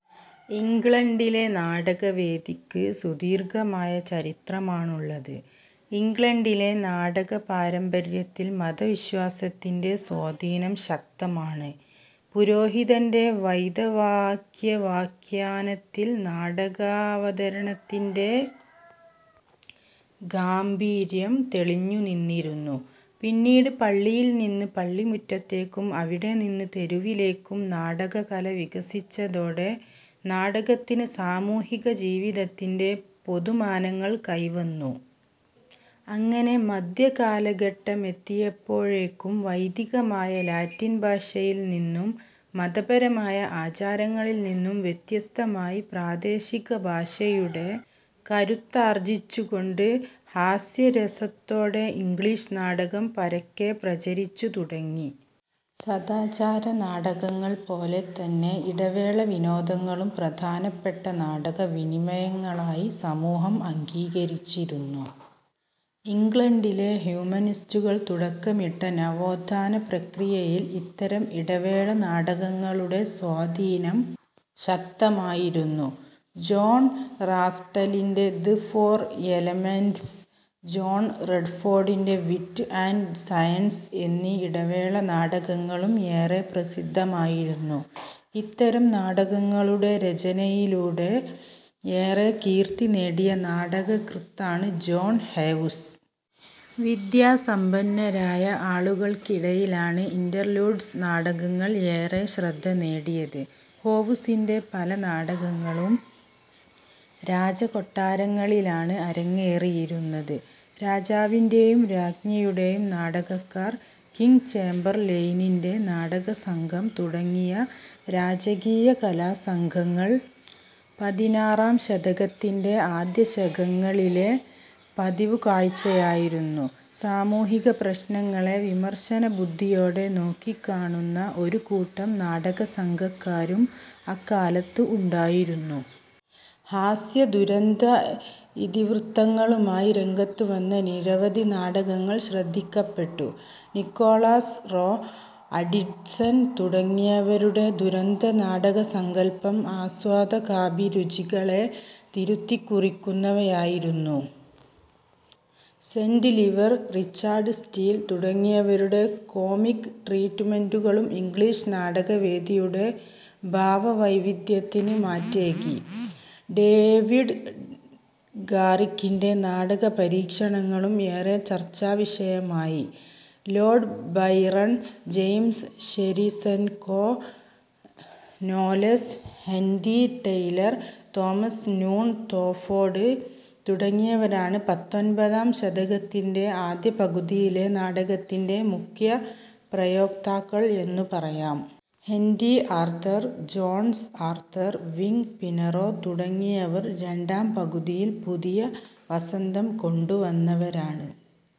ഇംഗ്ലണ്ടിലെ നാടകവേദിക്ക് സുദീർഘമായ ചരിത്രമാണുള്ളത്. ഇംഗ്ലണ്ടിലെ നാടകപാരമ്പര്യത്തിൽ മതവിശ്വാസത്തിന്റെ സ്വാധീനം ശക്തമാണ്. പുരോഹിതന്റെ വൈദവാക്യവ്യാഖ്യാനത്തിൽ നാടകാവതരണത്തിന്റെ ഗാംഭീര്യം തെളിഞ്ഞുനിന്നിരുന്നു. പിന്നീട് പള്ളിയിൽനിന്ന് പള്ളിമുറ്റത്തേക്കും അവിടെനിന്ന് തെരുവിലേക്കും നാടകകല വികസിച്ചതോടെ നാടകത്തിന് സാമൂഹിക ജീവിതത്തിന്റെ പൊതുമാനങ്ങൾ കൈവന്നു. അങ്ങനെ മധ്യകാലഘട്ടമെത്തിയപ്പോഴേക്കും വൈദികമായ ലാറ്റിൻഭാഷയിൽനിന്നും മതപരമായ ആചാരങ്ങളിൽനിന്നും വ്യത്യസ്തമായി പ്രാദേശികഭാഷയുടെ കരുത്താർജിച്ചുകൊണ്ട് ഹാസ്യരസത്തോടെ ഇംഗ്ലീഷ് നാടകം പരക്കെ പ്രചരിച്ചുതുടങ്ങി. സദാചാര നാടകങ്ങൾപോലെതന്നെ ഇടവേള വിനോദങ്ങളും പ്രധാനപ്പെട്ട നാടകവിനിമയങ്ങളായി സമൂഹം അംഗീകരിച്ചിരുന്നു. ഇംഗ്ലണ്ടിലെ ഹ്യൂമനിസ്റ്റുകൾ തുടക്കമിട്ട നവോത്ഥാനപ്രക്രിയയിൽ ഇത്തരം ഇടവേള നാടകങ്ങളുടെ സ്വാധീനം ശക്തമായിരുന്നു. ജോൺ റാസ്ടലിന്റെ ദ് ഫോർ എലമെന്റ്സ്, ജോൺ റെഡ്ഫോഡിന്റെ വിറ്റ് ആൻഡ് സയൻസ് എന്നീ ഇടവേള നാടകങ്ങളും ഏറെ പ്രസിദ്ധമായിരുന്നു. ഇത്തരം നാടകങ്ങളുടെ രചനയിലൂടെ ഏറെ കീർത്തി നേടിയ നാടകകൃത്താണ് ജോൺ ഹേവുസ്. വിദ്യാസമ്പന്നരായ ആളുകൾക്കിടയിലാണ് ഇൻർലൂഡ്സ് നാടകങ്ങൾ ഏറെ ശ്രദ്ധ നേടിയത്. ഹോവുസിന്റെ പല നാടകങ്ങളും രാജകൊട്ടാരങ്ങളിലാണ് അരങ്ങേറിയിരുന്നത്. രാജാവിന്റെയും രാജ്ഞിയുടെയും നാടകക്കാർ, കിങ് ചേംബർ ലെയിനിന്റെ നാടകസംഘം തുടങ്ങിയ രാജകീയ കലാസംഘങ്ങൾ പതിനാറാം ശതകത്തിന്റെ ആദ്യദശകങ്ങളിലെ പതിവുകാഴ്ചയായിരുന്നു. സാമൂഹിക പ്രശ്നങ്ങളെ വിമർശന ബുദ്ധിയോടെ നോക്കിക്കാണുന്ന ഒരുകൂട്ടം നാടകസംഘക്കാരും അക്കാലത്ത് ഉണ്ടായിരുന്നു. ഹാസ്യ-ദുരന്ത ഇതിവൃത്തങ്ങളുമായി രംഗത്തുവന്ന നിരവധി നാടകങ്ങൾ ശ്രദ്ധിക്കപ്പെട്ടു. നിക്കോളാസ് റോ, അഡിസൺ തുടങ്ങിയവരുടെ ദുരന്ത നാടകസങ്കല്പം ആസ്വാദകാഭിരുചികളെ തിരുത്തിക്കുറിക്കുന്നവയായിരുന്നു. സെന്റ് ലിവർ, റിച്ചാഡ് സ്റ്റീൽ തുടങ്ങിയവരുടെ കോമിക് ട്രീറ്റുമെന്റുകളും ഇംഗ്ലീഷ് നാടകവേദിയുടെ ഭാവവൈവിധ്യത്തിന് മാറ്റേകി. ഡേവിഡ് ഗാറിക്കിന്റെ നാടകപരീക്ഷണങ്ങളും ഏറെ ചർച്ചാവിഷയമായി. Lord Byron, James Sheridan, Knowles, Henry Taylor, Thomas Noon Talfourd തുടങ്ങിയവരാണ് പത്തൊൻപതാം ശതകത്തിന്റെ ആദ്യപകുതിയിലെ നാടകത്തിന്റെ മുഖ്യ പ്രയോക്താക്കൾ എന്നു പറയാം. Henry Arthur Jones, Arthur Wing Pinero തുടങ്ങിവർ രണ്ടാംപകുതിയിൽ പുതിയ വസന്തംകൊണ്ടുവന്നവരാണ്.